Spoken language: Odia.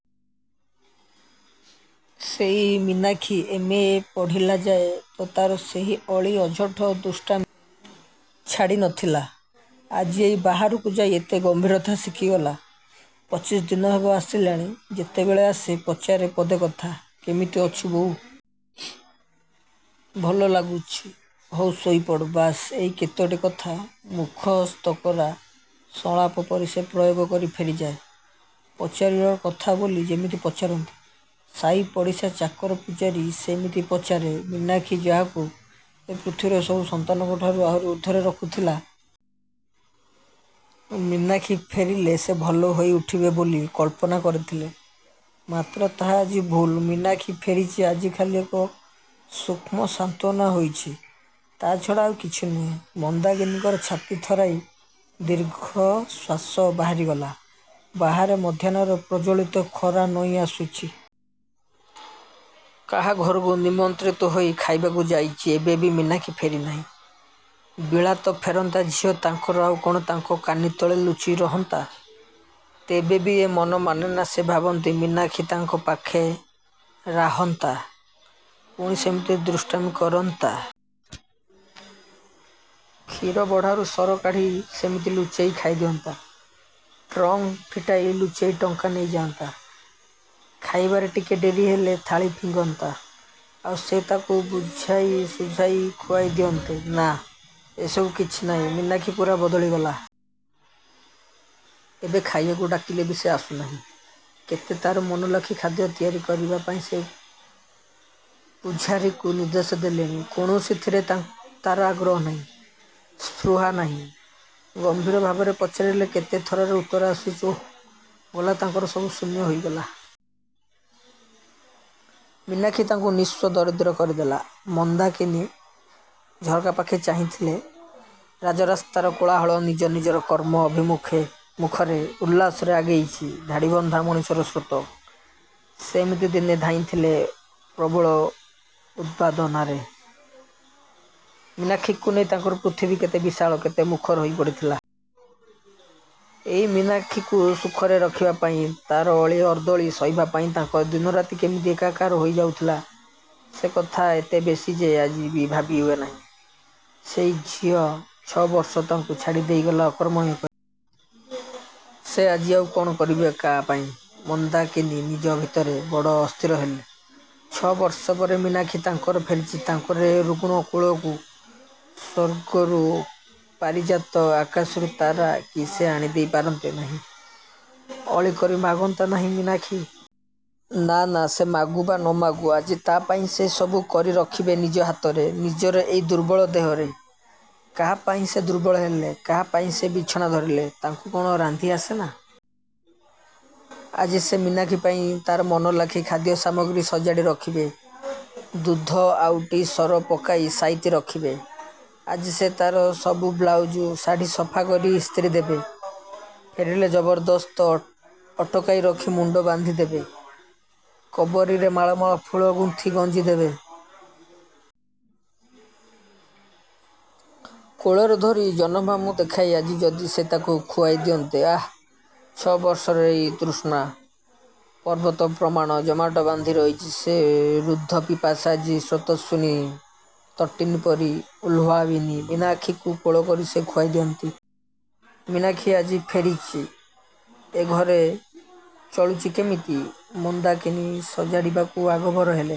ସେଇ ମୀନାକ୍ଷୀ ଏମ୍ ଏ ପଢ଼ିଲାଯାଏ ତ ତାର ସେଇ ଅଳି, ଅଝଟ, ଦୁଷ୍ଟାମି ଛାଡ଼ି ନଥିଲା । ଆଜି ଏଇ ବାହାରକୁ ଯାଇ ଏତେ ଗମ୍ଭୀରତା ଶିଖିଗଲା । ପଚିଶ ଦିନ ହେବ ଆସିଲାଣି, ଯେତେବେଳେ ଆସେ ପଚାରେ ପଦେ କଥା କେମିତି ଅଛୁ ବୋଉ? ଭଲ ଲାଗୁଚି? ହଉ, ଶୋଇପଡ଼। ବାସ୍ ଏଇ କେତୋଟି କଥା ମୁଖସ୍ଥକରା ସଂଳାପ ପରି ସେ ପ୍ରୟୋଗ କରି ଫେରିଯାଏ। ପଚାରିବାର କଥା ବୋଲି ଯେମିତି ପଚାରନ୍ତି ସାଇ ପଡ଼ିଶା, ଚାକର ପୂଝାରୀ, ସେଇମିତି ପଚାରେ । ମୀନାକ୍ଷୀ ଯାହାକୁ ସେ ପୃଥିବୀର ସବୁ ସନ୍ତାନଙ୍କଠାରୁ ଆହୁରି ଊର୍ଦ୍ଧ୍ଵରେ ରଖୁଥିଲା । ମୀନାକ୍ଷୀ ଫେରିଲେ ସେ ଭଲ ହୋଇ ଉଠିବେ ବୋଲି କଳ୍ପନା କରିଥିଲେ, ମାତ୍ର ତାହା ଆଜି ଭୁଲ୍। ମୀନାକ୍ଷୀ ଫେରିଚି ଆଜି ଖାଲି ଏକ ଶୁକ୍ଷ୍ମ ସାନ୍ତ୍ୱନା ହୋଇଛି, ତା ଛଡ଼ା ଆଉ କିଛି ନୁହେଁ। ମନ୍ଦାକିନୀଙ୍କର ଛାତି ଥରାଇ ଦୀର୍ଘଶ୍ଵାସ ବାହାରିଗଲା, ବାହାରେ ମଧ୍ୟାହ୍ନର ପ୍ରଜ୍ଜ୍ୱଳିତ ଖରା ନଇଁ ଆସୁଚି। କାହା ଘରକୁ ନିମନ୍ତ୍ରିତ ହୋଇ ଖାଇବାକୁ ଯାଇଚି ଏବେ ବି ମୀନାକ୍ଷୀ ଫେରି ନାହିଁ। ବିଳାତଫେରନ୍ତା ଝିଅ ତାଙ୍କର ଆଉ କଣ ତାଙ୍କ କାନି ତଳେ ଲୁଚି ରହନ୍ତା? ତେବେ ବି ଏ ମନ ମାନେନା ସେ ଭାବନ୍ତି, ମୀନାକ୍ଷୀ ତାଙ୍କ ପାଖେ ରାହନ୍ତା ପୁଣି ସେମିତି ଦୁଷ୍ଟାମି କରନ୍ତା। କ୍ଷୀରବଢ଼ାରୁ ସର କାଢ଼ି ସେମିତି ଲୁଚେଇ ଖାଇଦିଅନ୍ତା, ଟ୍ରଙ୍କ ଫିଟାଇ ଲୁଚେଇ ଟଙ୍କା ନେଇଯାଆନ୍ତା, ଖାଇବାରେ ଟିକେ ଡେରି ହେଲେ ଥାଳି ଫିଙ୍ଗନ୍ତା, ଆଉ ସେ ତାକୁ ବୁଝାଇଶୁଝାଇ ଖୁଆଇ ଦିଅନ୍ତେ । ନାଃ, ଏ ସବୁ କିଛି ନାହିଁ ମୀନାକ୍ଷୀ ପୂରା ବଦଳିଗଲା । ଏବେ ଖାଇବାକୁ ଡାକିଲେ ବି ସେ ଆସୁ ନାହିଁ। କେତେ ତାର ମନଲାଖି ଖାଦ୍ୟ ତିଆରି କରିବାପାଇଁ ସେ ପୁଝାରୀକୁ ନିର୍ଦ୍ଦେଶ ଦେଲେଣି। କୌଣସିଥିରେ ତାଙ୍କ୍ ତାର ଆଗ୍ରହ ନାହିଁ, ସ୍ପୃହା ନାହିଁ। ଗମ୍ଭୀର ଭାବରେ ପଚାରିଲେ କେତେ ଥରରେ ଉତ୍ତର ଆସୁଚି, ଓଃ ଗଲା ତାଙ୍କର ସବୁ ଶୂନ୍ୟ ହୋଇଗଲା। ମୀନାକ୍ଷୀ ତାଙ୍କୁ ନିଃସ୍ୱ, ଦରିଦ୍ର କରିଦେଲା । ମନ୍ଦାକିନୀ ଝରକାପାଖେ ଚାହିଁଥିଲେ, ରାଜରାସ୍ତାରେ କୋଳାହଳ ନିଜ ନିଜର କର୍ମ ଅଭିମୁଖରେ ଉଲ୍ଲାସରେ ଆଗେଇଚି ଧାଡ଼ିବନ୍ଧା ମଣିଷର ସ୍ରୋତ। ସେ ଏମିତି ଦିନେ ଧାଇଁଥିଲେ ପ୍ରବଳ ଉତ୍ପାଦନରେ। ମୀନାକ୍ଷୀକୁ ନେଇ ତାଙ୍କର ପୃଥିବୀ କେତେ ବିଶାଳ, କେତେ ମୁଖର ହୋଇପଡ଼ିଥିଲା? ଏଇ ମୀନାକ୍ଷୀକୁ ସୁଖରେ ରଖିବାପାଇଁ, ତାର ଅଳି ଅର୍ଦ୍ଦଳି ସହିବାପାଇଁ, ତାଙ୍କର ଦିନରାତି କେମିତି ଏକାକାର ହୋଇ ଯାଉଥିଲା ସେ କଥା ଏତେ ବେଶୀ ଯେ ଆଜି ବି ଭାବି ହୁଏ ନାହିଁ। ସେଇ ଝିଅ ଛ ବର୍ଷ ତାଙ୍କୁ ଛାଡ଼ି ଦେଇଗଲା ଅକର୍ମଣ୍ୟ କରି। ସେ ଆଜି ଆଉ କଣ କରିବେ କା ପାଇଁ? ମନ୍ଦାକିନୀ ନିଜ ଭିତରେ ବଡ଼ ଅସ୍ଥିର ହେଲେ। ଛ ବର୍ଷ ପରେ ମୀନାକ୍ଷୀ ତାଙ୍କର ଫେରିଚି, ତାଙ୍କର ଏ ରୁଗ୍ଣ କୋଳକୁ। ସ୍ୱର୍ଗରୁ ପାରିଜାତ ଆକାଶରୁ ତାରା କି ସେ ଆଣିଦେଇ ପାରନ୍ତେ ନାହିଁ? ଅଳି କରି ମାଗନ୍ତା ନାହିଁ ମୀନାକ୍ଷୀ? ନା ନା ସେ ମାଗୁ ବା ନ ମାଗୁ ଆଜି ତା ପାଇଁ ସେ ସବୁ କରି ରଖିବେ ନିଜ ହାତରେ, ନିଜର ଏଇ ଦୁର୍ବଳ ଦେହରେ। କାହାପାଇଁ ସେ ଦୁର୍ବଳ ହେଲେ? କାହାପାଇଁ ସେ ବିଛଣା ଧରିଲେ? ତାଙ୍କୁ କଣ ରାନ୍ଧି ଆସେ ନା? ଆଜି ସେ ମୀନାକ୍ଷୀପାଇଁ ତାର ମନଲାଖି ଖାଦ୍ୟସାମଗ୍ରୀ ସଜାଡ଼ି ରଖିବେ। ଦୁଧ ଆଉଟି, ସର ପକାଇ ସାଇତି ରଖିବେ। ଆଜି ସେ ତାର ସବୁ ବ୍ଲାଉଜ୍, ଶାଢ଼ି ସଫା କରି ଇସ୍ତ୍ରୀ ଦେବେ। ଫେରିଲେ ଜବରଦସ୍ତ ଅଟକାଇ ରଖି ମୁଣ୍ଡ ବାନ୍ଧି ଦେବେ। କବରୀରେ ମାଳ ମାଳ ଫୁଲ ଗୁନ୍ଥି ଗଞ୍ଜି ଦେବେ। କୋଳରେ ଧରି ଜହ୍ନମାମୁଁ ଦେଖାଇ ଆଜି ଯଦି ସେ ତାକୁ ଖୁଆଇ ଦିଅନ୍ତେ ଆଃ ଛ ବର୍ଷର ଏହି ତୃଷ୍ଣା ପର୍ବତପ୍ରମାଣ ଜମାଟ ବାନ୍ଧି ରହିଚି। ସେ ରୁଦ୍ଧ ପିପାସା ଆଜି ସ୍ରୋତସ୍ୱିନୀ ତଟିନୀ ପରି ଉତ୍ପ୍ଲାବିନୀ ମୀନାକ୍ଷୀକୁ କୋଳକରି ସେ ଖୁଆଇ ଦିଅନ୍ତେ । ମୀନାକ୍ଷୀ ଆଜି ଫେରିଚି, ଏ ଘରେ ଚଳୁଚି କେମିତି? ମନ୍ଦାକିନୀ ସଜାଡ଼ିବାକୁ ଆଗଭର ହେଲେ।